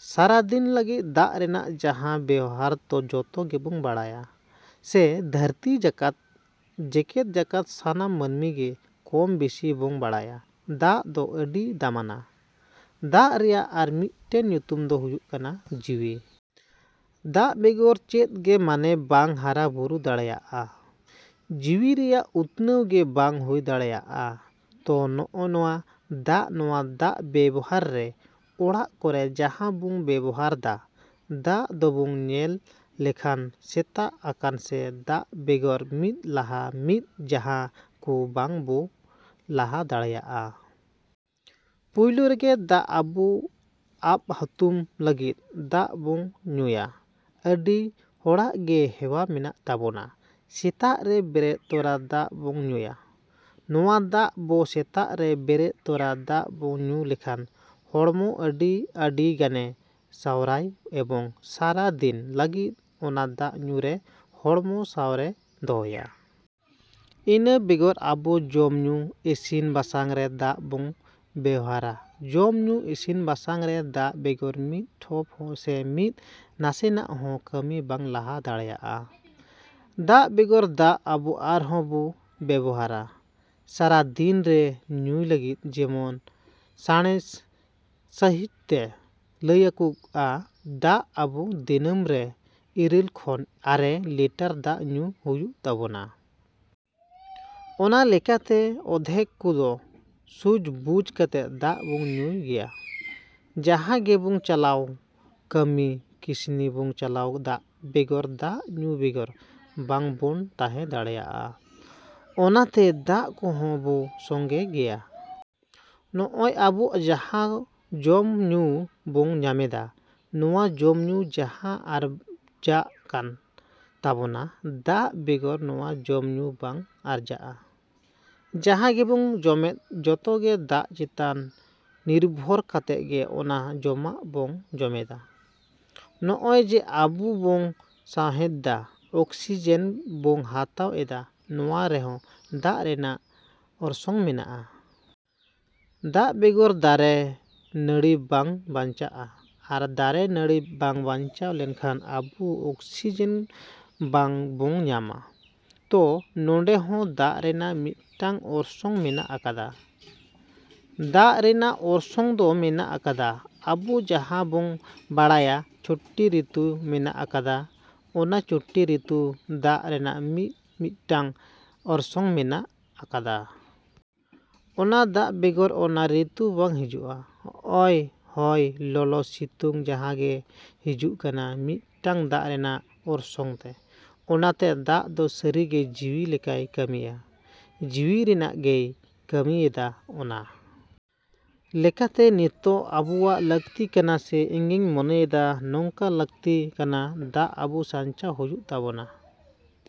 ‎ᱥᱟᱨᱟ ᱫᱤᱱ ᱞᱟᱹᱜᱤᱫ ᱫᱟᱜ ᱨᱮᱱᱟᱜ ᱡᱟᱦᱟᱸ ᱵᱮᱣᱦᱟᱨ ᱛᱚ ᱡᱚᱛᱚ ᱜᱮᱵᱚᱱ ᱵᱟᱲᱟᱭᱟ ᱥᱮ ᱫᱷᱟᱹᱨᱛᱤ ᱡᱟᱠᱟᱛ, ᱡᱮᱜᱮᱫ ᱡᱟᱠᱟᱛ ᱥᱟᱱᱟᱢ ᱢᱟᱹᱱᱢᱤ ᱜᱮ ᱠᱚᱢ ᱵᱮᱥᱤ ᱵᱚᱱ ᱵᱟᱲᱟᱭᱟ ᱫᱟᱜ ᱫᱚ ᱟᱹᱰᱤ ᱫᱟᱢᱟᱱᱟ᱾ ᱫᱟᱜ ᱨᱮᱭᱟᱜ ᱟᱨ ᱢᱤᱫᱴᱮᱱ ᱧᱩᱛᱩᱢ ᱫᱚ ᱦᱩᱭᱩᱜ ᱠᱟᱱᱟ ᱡᱤᱣᱤ᱾ ᱫᱟᱜ ᱵᱮᱜᱚᱨ ᱪᱮᱫ ᱜᱮ ᱢᱟᱱᱮ ᱵᱟᱝ ᱦᱟᱨᱟ ᱵᱩᱨᱩ ᱫᱟᱲᱮᱭᱟᱜᱼᱟ, ᱡᱤᱣᱤ ᱨᱮᱭᱟᱜ ᱩᱛᱱᱟᱹᱣ ᱜᱮ ᱵᱟᱝ ᱦᱩᱭ ᱫᱟᱲᱮᱭᱟᱜᱼᱟ᱾ ᱛᱚ ᱱᱚᱜᱼᱱᱚᱣᱟ ᱫᱟᱜ, ᱱᱚᱣᱟ ᱫᱟᱜ ᱵᱮᱵᱚᱦᱟᱨ ᱨᱮ ᱚᱲᱟᱜ ᱠᱚᱨᱮ ᱡᱟᱦᱟᱸ ᱵᱚᱱ ᱵᱮᱵᱚᱦᱟᱨ ᱫᱟ, ᱫᱟᱜ ᱫᱚᱵᱚᱱ ᱧᱮᱞ ᱞᱮᱠᱷᱟᱱ ᱥᱮᱛᱟᱜ ᱟᱠᱟᱱ ᱥᱮ ᱫᱟᱜ ᱵᱮᱜᱚᱨ ᱢᱤᱫ ᱞᱟᱦᱟ ᱢᱤᱫ ᱡᱟᱜᱟ ᱦᱚᱸ ᱵᱟᱝ ᱵᱚᱱ ᱞᱟᱦᱟ ᱫᱟᱲᱮᱭᱟᱜᱼᱟ᱾ ᱯᱳᱭᱞᱳ ᱨᱮᱜᱮ ᱫᱟᱜ ᱟᱵᱚ ᱟᱵᱼᱦᱩᱛᱩᱢ ᱞᱟᱹᱜᱤᱫ, ᱫᱟᱜ ᱵᱚᱱ ᱧᱩᱭᱟ᱾ ᱟᱹᱰᱤ ᱦᱚᱲᱟᱜ ᱜᱮ ᱦᱮᱣᱟ ᱢᱮᱱᱟᱜ ᱛᱟᱵᱚᱱᱟ ᱥᱮᱛᱟᱜ ᱨᱮ ᱵᱮᱨᱮᱫ ᱛᱚᱨᱟ ᱫᱟᱜ ᱵᱚᱱ ᱧᱩᱭᱟ᱾ ᱱᱚᱣᱟ ᱫᱟᱜ ᱵᱚ ᱥᱮᱛᱟᱜ ᱨᱮ ᱵᱮᱨᱮᱫ ᱛᱚᱨᱟ ᱫᱟᱜ ᱵᱚᱱ ᱧᱩ ᱞᱮᱠᱷᱟᱱ ᱦᱚᱲᱢᱚ ᱟᱹᱰᱤ ᱟᱹᱰᱤ ᱜᱟᱱᱮ ᱥᱟᱶᱟᱨᱟᱭ ᱮᱵᱚᱝ ᱥᱟᱨᱟ ᱫᱤᱱ ᱞᱟᱹᱜᱤᱫ ᱚᱱᱟ ᱫᱟᱜ ᱧᱩ ᱨᱮ ᱦᱚᱲᱢᱚ ᱥᱟᱶᱟᱨᱮ ᱫᱚᱦᱚᱭᱟ᱾ ᱤᱱᱟᱹ ᱵᱮᱜᱚᱨ ᱟᱵᱚ ᱡᱚᱢᱼᱧᱩ, ᱤᱥᱤᱱ ᱵᱟᱥᱟᱝ ᱨᱮ ᱫᱟᱜ ᱵᱚᱱ ᱵᱮᱣᱦᱟᱨᱟ᱾ ᱡᱚᱢ ᱧᱩ, ᱤᱥᱤᱱ ᱵᱟᱥᱟᱝ ᱨᱮ ᱫᱟᱜ ᱵᱮᱜᱚᱨ ᱢᱤᱫ ᱴᱷᱚᱯ ᱦᱚᱸ ᱥᱮ ᱢᱤᱫ ᱱᱟᱥᱮᱱᱟᱜ ᱦᱚᱸ ᱠᱟᱹᱢᱤ ᱵᱟᱝ ᱞᱟᱦᱟ ᱫᱟᱲᱮᱭᱟᱜᱼᱟ᱾ ᱫᱟᱜ ᱵᱮᱜᱚᱨ ᱫᱟᱜ ᱫᱚ ᱟᱵᱚ ᱟᱨᱦᱚᱸ ᱵᱚ ᱵᱮᱵᱚᱦᱟᱨᱟ ᱥᱟᱨᱟ ᱫᱤᱱ ᱨᱮ ᱧᱩᱭ ᱞᱟᱹᱜᱤᱫ ᱡᱮᱢᱚᱱ ᱥᱟᱬᱮᱥ ᱦᱤᱥᱟᱹᱵᱽ ᱛᱮ ᱞᱟᱹᱭᱟᱹᱜᱚᱜᱼᱟ ᱫᱟᱜ ᱟᱵᱚ ᱫᱤᱱᱟᱹᱢᱟᱱ ᱨᱮ ᱤᱨᱟᱹᱞ ᱠᱷᱚᱱ ᱟᱨᱮ ᱞᱤᱴᱟᱨ ᱫᱟᱜ ᱧᱩᱭ ᱦᱩᱭᱩᱜ ᱛᱟᱵᱚᱱᱟ᱾ ᱚᱱᱟ ᱞᱮᱠᱟ ᱛᱮ ᱟᱫᱷᱮᱠ ᱠᱚᱫᱚ ᱵᱩᱡᱽᱼᱥᱩᱡᱽ ᱠᱟᱛᱮ ᱫᱟᱜ ᱵᱚᱱ ᱧᱩᱭ ᱜᱮᱭᱟ᱾ ᱡᱟᱦᱟᱸ ᱜᱮᱵᱚᱱ ᱪᱟᱞᱟᱜ ᱠᱟᱹᱢᱤ ᱠᱟᱥᱱᱤ ᱵᱚᱱ ᱪᱟᱞᱟᱜ ᱫᱟᱜ ᱵᱮᱜᱚᱨ ᱫᱟᱜ ᱧᱩ ᱵᱮᱜᱚᱨ ᱵᱟᱝ ᱵᱚᱱ ᱛᱟᱦᱮᱸ ᱫᱟᱲᱮᱭᱟᱜᱼᱟ᱾ ᱚᱱᱟ ᱛᱮ ᱫᱟᱜ ᱠᱚᱦᱚᱸ ᱵᱚ ᱥᱚᱸᱜᱮ ᱜᱮᱭᱟ᱾ ᱱᱚᱜᱼᱚᱭ ᱟᱵᱚ ᱡᱟᱦᱟᱸ ᱡᱚᱢᱼᱧᱩ ᱵᱚᱱ ᱧᱟᱢᱮᱫᱟ, ᱱᱚᱣᱟ ᱡᱚᱢᱼᱧᱩ ᱡᱟᱦᱟᱸ ᱟᱨᱡᱟᱜ ᱠᱟᱱ ᱛᱟᱵᱚᱱᱟ ᱫᱟᱜ ᱵᱮᱜᱚᱨ ᱱᱚᱣᱟ ᱡᱚᱢᱼᱧᱩ ᱵᱟᱝ ᱟᱨᱡᱟᱜᱼᱟ᱾ ᱡᱟᱦᱟᱸ ᱜᱮᱵᱚᱱ ᱡᱚᱢᱮᱫ ᱡᱚᱛᱚ ᱜᱮ ᱫᱟᱜ ᱪᱮᱛᱟᱱ ᱱᱤᱨᱵᱷᱚᱨ ᱠᱟᱛᱮᱫ ᱜᱮ ᱚᱱᱟ ᱡᱚᱢᱟᱜ ᱵᱚᱱ ᱧᱟᱢᱮᱫᱟ᱾ ᱱᱚᱜᱼᱚᱭ ᱡᱮ ᱟᱵᱚ ᱵᱚᱱ ᱥᱟᱸᱦᱮᱫᱟ, ᱚᱠᱥᱤᱡᱮᱱ ᱵᱚᱱ ᱦᱟᱛᱟᱣ ᱮᱫᱟ, ᱱᱚᱣᱟ ᱨᱮᱦᱚᱸ ᱫᱟᱜ ᱨᱮᱱᱟᱜ ᱚᱨᱟᱥᱚᱝ ᱢᱮᱱᱟᱜᱼᱟ᱾ ᱫᱟᱜ ᱵᱮᱜᱚᱨ ᱫᱟᱨᱮ ᱱᱟᱹᱲᱤ ᱵᱟᱝ ᱵᱟᱧᱪᱟᱜᱼᱟ ᱟᱨ ᱫᱟᱨᱮ ᱱᱟᱹᱲᱤ ᱵᱟᱝ ᱵᱟᱧᱪᱟᱣ ᱞᱮᱱᱠᱷᱟᱱ ᱟᱵᱚ ᱚᱠᱥᱤᱡᱮᱱ ᱵᱟᱝ ᱵᱚᱱ ᱧᱟᱢᱟ᱾ ᱛᱚ ᱱᱚᱰᱮ ᱦᱚᱸ ᱫᱟᱜ ᱨᱮᱱᱟᱜ ᱢᱤᱫᱴᱟᱝ ᱚᱨᱥᱚᱝ ᱢᱮᱱᱟᱜ ᱟᱠᱟᱫᱟ᱾ ᱫᱟᱜ ᱨᱮᱱᱟᱜ ᱚᱨᱥᱚᱝ ᱫᱚ ᱢᱮᱱᱟᱜ ᱟᱠᱟᱫᱟ ᱟᱵᱚ ᱡᱟᱦᱟᱸ ᱵᱚᱱ ᱵᱟᱲᱟᱭᱟ ᱪᱷᱚᱴᱤ ᱨᱤᱛᱩ ᱢᱮᱱᱟᱜ ᱟᱠᱟᱫᱟ, ᱚᱱᱟ ᱪᱷᱚᱴᱤ ᱨᱤᱛᱩ ᱨᱮ ᱫᱟᱜ ᱨᱮᱱᱟᱜ ᱢᱤᱼᱢᱤᱫᱴᱟᱝ ᱚᱨᱥᱚᱝ ᱢᱮᱱᱟᱜ ᱟᱠᱟᱫᱟ᱾ ᱚᱱᱟ ᱫᱟᱜ ᱵᱮᱜᱚᱨ ᱚᱱᱟ ᱨᱤᱛᱩ ᱵᱟᱝ ᱦᱤᱡᱩᱜᱼᱟ᱾ ᱦᱚᱸᱜᱼᱚᱭ ᱦᱚᱭ, ᱞᱚᱞᱚ, ᱥᱤᱛᱩᱝ ᱡᱟᱦᱟᱸ ᱜᱮ ᱦᱤᱡᱩᱜ ᱠᱟᱱᱟ ᱢᱤᱫᱴᱟᱝ ᱫᱟᱜ ᱨᱮᱱᱟᱜ ᱚᱨᱥᱚᱝ ᱛᱮ᱾ ᱚᱱᱟᱛᱮ ᱫᱟᱜ ᱫᱚ ᱥᱟᱹᱨᱤ ᱜᱮ ᱡᱤᱣᱤ ᱞᱮᱠᱟᱭ ᱠᱟᱹᱢᱤᱭᱟ, ᱡᱤᱣᱤ ᱨᱮᱱᱟᱜ ᱜᱮᱭ ᱠᱟᱹᱢᱤᱭᱮᱫᱟ᱾ ᱚᱱᱟ ᱞᱮᱠᱟᱛᱮ ᱱᱤᱛᱳᱜ ᱟᱵᱚᱣᱟᱜ ᱞᱟᱹᱠᱛᱤ ᱠᱟᱱᱟ ᱥᱮ ᱤᱧᱤᱧ ᱢᱚᱱᱮᱭᱟ ᱱᱚᱝᱠᱟ ᱞᱟᱹᱠᱛᱤ ᱠᱟᱱᱟ ᱫᱟᱜ ᱟᱵᱚ ᱥᱟᱧᱪᱟᱣ ᱦᱩᱭᱩᱜ ᱛᱟᱵᱚᱱᱟ,